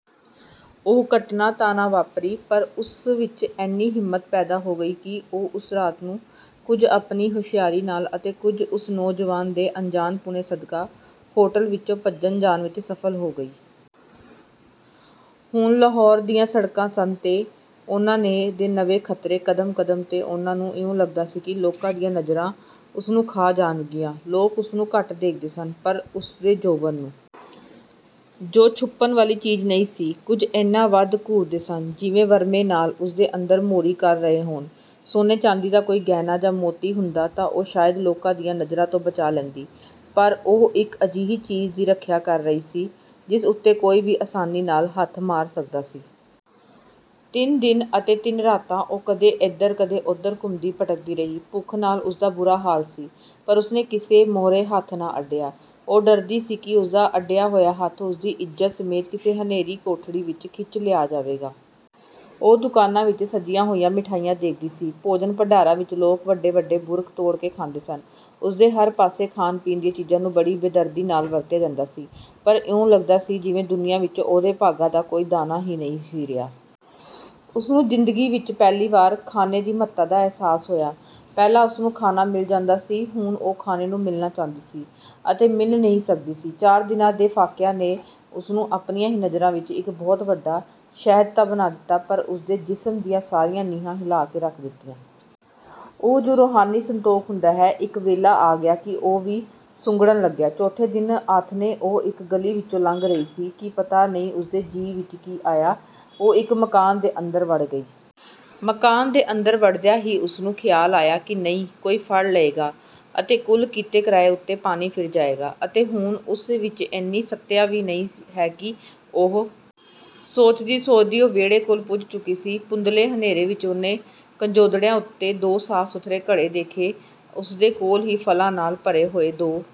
ਉਹ ਘਟਨਾ ਤਾਂ ਨਾ ਵਾਪਰੀ, ਪਰ ਉਸ ਵਿਚ ਏਨੀ ਹਿੰਮਤ ਪੈਦਾ ਹੋ ਗਈ ਕਿ ਉਹ ਉਸ ਰਾਤ ਨੂੰ, ਕੁਝ ਆਪਣੀ ਹੁਸ਼ਿਆਰੀ ਨਾਲ ਅਤੇ ਕੁਝ ਉਸ ਨੌਜੁਆਨ ਦੇ ਅਣਜਾਣਪੁਣੇ ਸਦਕਾ, ਹੋਟਲ ਵਿਚੋਂ ਭੱਜ ਜਾਣ ਵਿਚ ਸਫ਼ਲ ਹੋ ਗਈ। ਹੁਣ ਲਾਹੌਰ ਦੀਆਂ ਸੜਕਾਂ ਸਨ ਅਤੇ ਉਨ੍ਹਾਂ ਦੇ ਨਵੇਂ ਖ਼ਤਰੇ, ਕਦਮ ਕਦਮ 'ਤੇ ਉਹਨੂੰ ਇਉਂ ਲੱਗਦਾ ਸੀ ਕਿ ਲੋਕਾਂ ਦੀਆਂ ਨਜ਼ਰਾਂ ਉਸਨੂੰ ਖਾ ਜਾਣਗੀਆਂ; ਲੋਕ ਉਸਨੂੰ ਘੱਟ ਦੇਖਦੇ ਸਨ, ਪਰ ਉਸਦੇ ਜੋਬਨ ਨੂੰ, ਜੋ ਛੁਪਣ ਵਾਲੀ ਚੀਜ਼ ਨਹੀਂ ਸੀ, ਕੁਝ ਏਨਾ ਵੱਧ ਘੂਰਦੇ ਸਨ, ਜਿਵੇਂ ਵਰਮੇ ਨਾਲ ਉਸਦੇ ਅੰਦਰ ਮੋਰੀ ਕਰ ਰਹੇ ਹੋਣ; ਸੋਨੇ-ਚਾਂਦੀ ਦਾ ਕੋਈ ਗਹਿਣਾ ਜਾਂ ਮੋਤੀ ਹੁੰਦਾ ਤਾਂ ਉਹ ਸ਼ਾਇਦ ਲੋਕਾਂ ਦੀਆਂ ਨਜ਼ਰਾਂ ਤੋਂ ਬਚਾਅ ਲੈਂਦੀ, ਪਰ ਉਹ ਇਕ ਅਜਿਹੀ ਚੀਜ਼ ਦੀ ਰੱਖਿਆ ਕਰ ਰਹੀ ਸੀ, ਜਿਸ ਉਤੇ ਕੋਈ ਵੀ ਅਸਾਨੀ ਨਾਲ ਹੱਥ ਮਾਰ ਸਕਦਾ ਸੀ। ਤਿੰਨ ਦਿਨ ਅਤੇ ਤਿੰਨ ਰਾਤਾਂ ਉਹ ਕਦੇ ਏਧਰ, ਕਦੇ ਓਧਰ ਘੁੰਮਦੀ-ਭਟਕਦੀ ਰਹੀ। ਭੁੱਖ ਨਾਲ ਉਸਦਾ ਬੁਰਾ ਹਾਲ ਸੀ, ਪਰ ਉਸਨੇ ਕਿਸੇ ਮੂਹਰੇ ਹੱਥ ਨਾ ਅੱਡਿਆ। ਉਹ ਡਰਦੀ ਸੀ ਕਿ ਉਸਦਾ ਅੱਡਿਆ ਹੋਇਆ ਹੱਥ ਉਸਦੀ ਇੱਜ਼ਤ ਸਮੇਤ ਕਿਸੇ ਹਨੇਰੀ ਕੋਠੜੀ ਵਿਚ ਖਿੱਚ ਲਿਆ ਜਾਵੇਗਾ। ਉਹ ਦੁਕਾਨਾਂ ਵਿਚ ਸਜੀਆਂ ਹੋਈਆਂ ਮਿਠਾਈਆਂ ਦੇਖਦੀ ਸੀ; ਭੋਜਨ-ਭੰਡਾਰਾਂ ਵਿਚ ਲੋਕ ਬਡੇ-ਬਡੇ ਬੁਰਕ ਤੋੜ ਕੇ ਖਾਂਦੇ ਸਨ; ਉਸਦੇ ਹਰ ਪਾਸੇ ਖਾਣ-ਪੀਣ ਦੀਆਂ ਚੀਜ਼ਾਂ ਨੂੰ ਬੜੀ ਬੇਦਰਦੀ ਨਾਲ ਵਰਤਿਆ ਜਾਂਦਾ ਸੀ; ਪਰ ਇਉਂ ਲਗਦਾ ਸੀ ਜਿਵੇਂ ਦੁਨੀਆ ਵਿਚ ਉਹਦੇ ਭਾਗਾਂ ਦਾ ਕੋਈ ਦਾਣਾ ਹੀ ਨਹੀਂ ਸੀ ਰਿਹਾ। ਉਸਨੂੰ ਜ਼ਿੰਦਗੀ ਵਿਚ ਪਹਿਲੀ ਵਾਰ ਖਾਣੇ ਦੀ ਮਹੱਤਤਾ ਦਾ ਅਹਿਸਾਸ ਹੋਇਆ। ਪਹਿਲਾਂ ਉਸਨੂੰ ਖਾਣਾ ਮਿਲ ਜਾਂਦਾ ਸੀ, ਹੁਣ ਉਹ ਖਾਣੇ ਨੂੰ ਮਿਲਣਾ ਚਾਹੁੰਦੀ ਸੀ ਅਤੇ ਮਿਲ ਨਹੀਂ ਸਕਦੀ ਸੀ। ਚਾਰ ਦਿਨਾਂ ਦੇ ਫਾਕਿਆਂ ਨੇ ਉਸਨੂੰ ਆਪਣੀਆਂ ਹੀ ਨਜ਼ਰਾਂ ਵਿਚ ਇਕ ਬਹੁਤ ਵੱਡਾ ਸ਼ਹੀਦ ਤਾਂ ਬਣਾ ਦਿੱਤਾ, ਪਰ ਉਸ ਦੇ ਜਿਸਮ ਦੀਆਂ ਸਾਰੀਆਂ ਨੀਹਾਂ ਹਿਲਾਅ ਕੇ ਰੱਖ ਦਿੱਤੀਆਂ। ਉਹ ਜੋ ਰੂਹਾਨੀ ਸੰਤੋਖ ਹੁੰਦਾ ਹੈ, ਇਕ ਵੇਲਾ ਆ ਗਿਆ ਕਿ ਉਹ ਵੀ ਸੁੰਗੜਨ ਲੱਗਿਆ। ਚੌਥੇ ਦਿਨ ਆਥਣੇ ਉਹ ਇਕ ਗਲੀ ਵਿਚੋਂ ਲੰਘ ਰਹੀ ਸੀ, ਕਿ ਪਤਾ ਨਹੀਂ ਉਸਦੇ ਜੀਅ ਵਿਚ ਕੀ ਆਇਆ, ਉਹ ਇਕ ਮਕਾਨ ਦੇ ਅੰਦਰ ਵੜ ਗਈ। ਮਕਾਨ ਦੇ ਅੰਦਰ ਵੜਦਿਆਂ ਹੀ ਉਸਨੂੰ ਖ਼ਿਆਲ ਆਇਆ ਕਿ ਨਹੀਂ, ਕੋਈ ਫੜ ਲਏਗਾ ਅਤੇ ਕੁੱਲ ਕੀਤੇ ਕਰਾਏ ਉਤੇ ਪਾਣੀ ਫਿਰ ਜਾਵੇਗਾ ਅਤੇ ਹੁਣ ਉਸ ਵਿਚ ਏਨੀ ਸੱਤਿਆ ਵੀ ਤਾਂ ਨਹੀਂ ਹੈ ਕਿ ਉਹ..?? ਸੋਚਦੀ ਸੋਚਦੀ ਉਹ ਵਿਹੜੇ ਕੋਲ ਪੁੱਜ ਚੁੱਕੀ ਸੀ। ਧੁੰਦਲੇ ਹਨੇਰੇ ਵਿਚ ਉਹਨੇ ਘੜੌਂਜੀਆਂ ਉਤੇ ਦੋ ਸਾਫ਼-ਸੁਥਰੇ ਘੜੇ ਦੇਖੇ ਅਤੇ ਉਸਦੇ ਕੋਲ ਹੀ ਫਲਾਂ ਨਾਲ ਭਰੇ ਹੋਏ ਦੋ